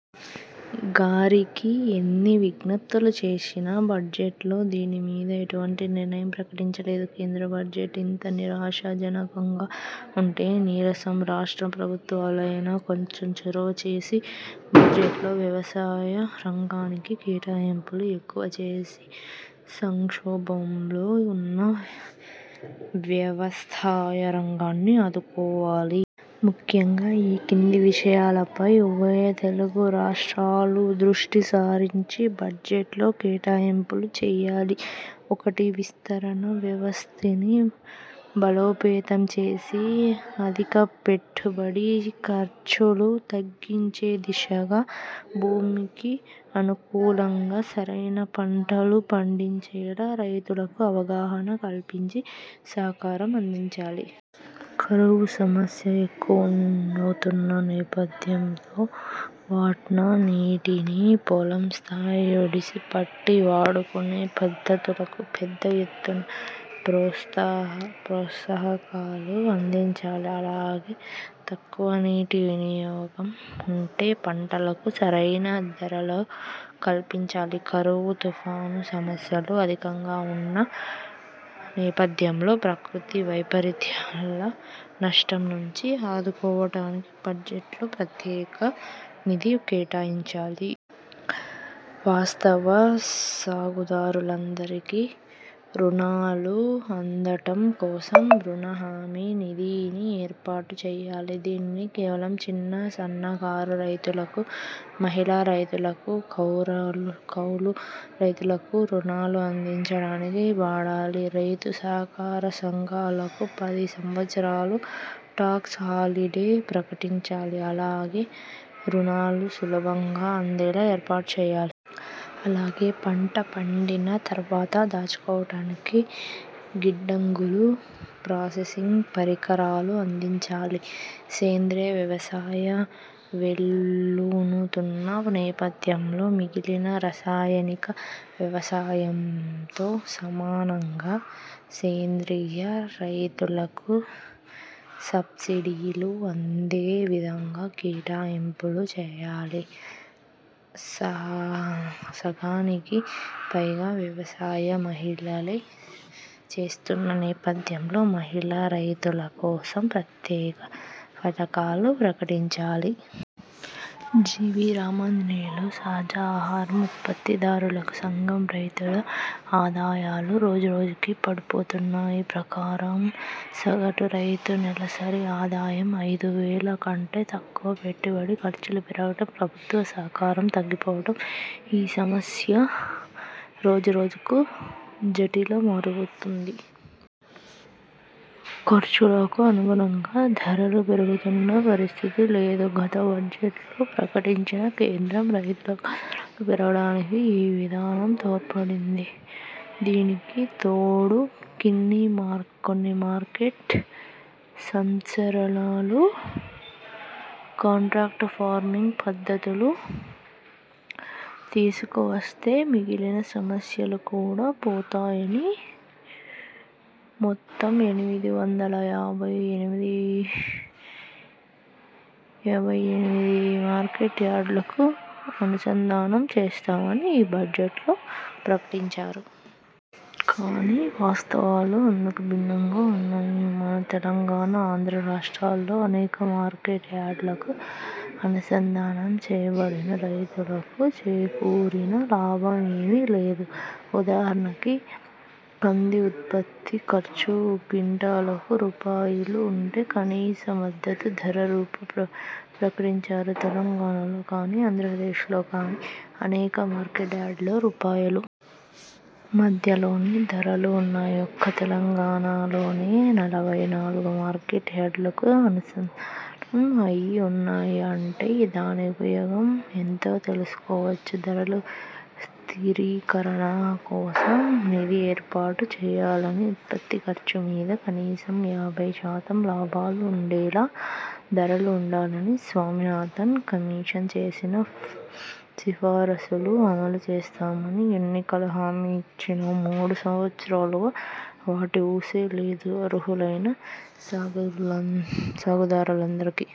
గారికి ఎన్ని విజ్ఞప్తులు చేసినా బడ్జెట్లో దీని మీద ఎటువంటి నిర్ణయం ప్రకటించలేదు. కేంద్ర బడ్జెట్ ఇంత నిరాశాజనకంగా వుంటే కనీసం రాష్ట్ర ప్రభుత్వాలు అయినా కొంచెం చొరవ చేసి బడ్జెట్లో వ్యవసాయ రంగానికి కేటాయింపులు ఎక్కువ చేసి సంక్షోభంలో వున్న వ్యవసాయ రంగాన్ని ఆదుకోవాలి. ముఖ్యంగా ఈ కింది విషయాల పై ఉభయ తెలుగు రాష్ట్రాలు దృష్టి సారించి బడ్జెట్లో కేటాయింపులు చేయాలి. ఒకటి విస్తరణ వ్యవస్థని బలోపేతం చేసి, అధిక పెట్టుబడి ఖర్చులు తగ్గించే దిశగా, భూమికి అనుకూలంగా సరైన పంటలు పండించేలా రైతులకు అవగాహన కల్పించి, సహకారం అందించాలి. కరువు సమస్యలు ఎక్కువవుతున్న నేపథ్యంలో వాన నీటిని పొలం స్థాయి ఒడిసి పట్టి వాడుకునే పద్ధతులకు పెద్ద ఎత్తున ప్రోత్సాహకాలు అందించాలి అలాగే తక్కువ నీటి వినియోగం వుండే పంటలకు సరైన ధరలు కల్పించాలి. కరువు, తుఫాను సమస్యలు అధికంగా వున్న నేపథ్యంలో ప్రకృతి వైపరీత్యాల నష్టం నుంచి ఆదుకోవటానికి బడ్జెట్ లో ప్రత్యేక నిధి కేటాయించాలి. వాస్తవ సాగుదారులందరికీ రుణాలు అందటం కోసం 'రుణ హామీ నిధి'ని ఏర్పాటు చేయాలి. దీనిని కేవలం చిన్న సన్నకారు రైతులకు, మహిళా రైతులకు, కౌలు రైతులకు రుణాలు అందించడానికే వాడాలి. రైతు సహకార సంఘాలకు పది సంవత్సరాలు టాక్స్ హాలిడే ప్రకటించాలి, ఆలాగే రుణాలు సులభంగా అందేలా ఏర్పాటు చేయాలి. అలాగే పంట పండిన తర్వాత దాచుకోవటానికి గిడ్డంగులు, ప్రాసెసింగ్ పరికరాలు అందించాలి. సేంద్రియ వ్యవసాయం వేళ్ళూనుతున్న నేపథ్యంలో మిగిలిన రసాయనిక వ్యవసాయంతో సమానంగా సేంద్రియ రైతులకు సబ్సిడీలు అందే విధంగా కేటాయింపులు చేయాలి. సగానికి పైగా వ్యవసాయం మహిళలే చేస్తున్న నేపథ్యంలో మహిళా రైతుల కోసం ప్రత్యేక పధకాలు ప్రకటించాలి. జి. వి. రామాంజనేయులు సహజ ఆహారం ఉత్పత్తి దారుల సంఘం రైతుల ఆదాయాలు రోజు రోజుకు పడిపోతున్నాయి. ప్రకారం సగటు రైతు నెలసరి ఆదాయం ఐదు వేల కంటే తక్కువ. పెట్టుబడి ఖర్చులు పెరగటం, ప్రభుత్వ సహకారం తగ్గిపోవటం ఈ సమస్య రోజు రోజుకు జటిల మవుతోంది. ఖర్చు లాకు అనుగుణంగా ధరలు పెరుగుతున్న పరిస్థితి లేదు. గత బడ్జెట్ లో ప్రకటించిన కేంద్రం రైతులకు ధరలు పెరగటానికి ఈ విధానం తోడ్పడింది, దీనికి తోడు కొన్ని మార్కెట్ సంస్కరణలు, కాంట్రాక్టు ఫార్మింగ్ పద్ధతులు తీసుకు వస్తే మిగిలిన సమస్యలు కూడా పోతాయి అని, మొత్తం ఎనిమిది వందల యాభై ఎనిమిది మార్కెట్ యార్డులను అనుసంధానం చేస్తామని ఈ బడ్జెట్లో ప్రకటించారు. కానీ వాస్తవాలు అందుకు భిన్నంగా వున్నాయి. మన తెలంగాణ, ఆంధ్రరాష్ట్రాల్లో అనేక మార్కెట్ యార్డులు కు అనుసంధానం చేయబడినా రైతులకు చేకూరిన లాభం ఏమీ లేదు. ఉదాహరణకి కంది ఉత్పత్తి ఖర్చు క్వింటాలుకి రూపాయలు వుంటే కనీస మద్దతు ధర రూ. ప్రకటించారు. తెలంగాణలో కానీ, ఆంధ్ర ప్రదేశ్లో కానీ అనేక మార్కెట్ యార్డులో రూపాయలు. మధ్యలోనే ధరలు వున్నాయి. ఒక్క తెలంగాణ లోనే నలభై నాలుగు మార్కెట్ యార్డులకు అనుసంధానం అయి వున్నాయి అంటే దాని ఉపయోగం ఎంతో తెలుసుకోవచ్చు. ధరల స్థిరీకరణ కోసం నిధి ఏర్పాటు చేయాలనీ, ఉత్పత్తి ఖర్చు మీద కనీసం యాభై శాతం లాభ లు ఉండేలా ధరలు వుండాలని స్వామినాథన్ కమిషన్ చేసిన సిఫారసులు అమలు చేస్తామని ఎన్నికల హామీ ఇచ్చినా, మూడు సంవత్సరాలుగా వాటి ఊసే లేదు. అర్హులైన సాగుదారులందరికీ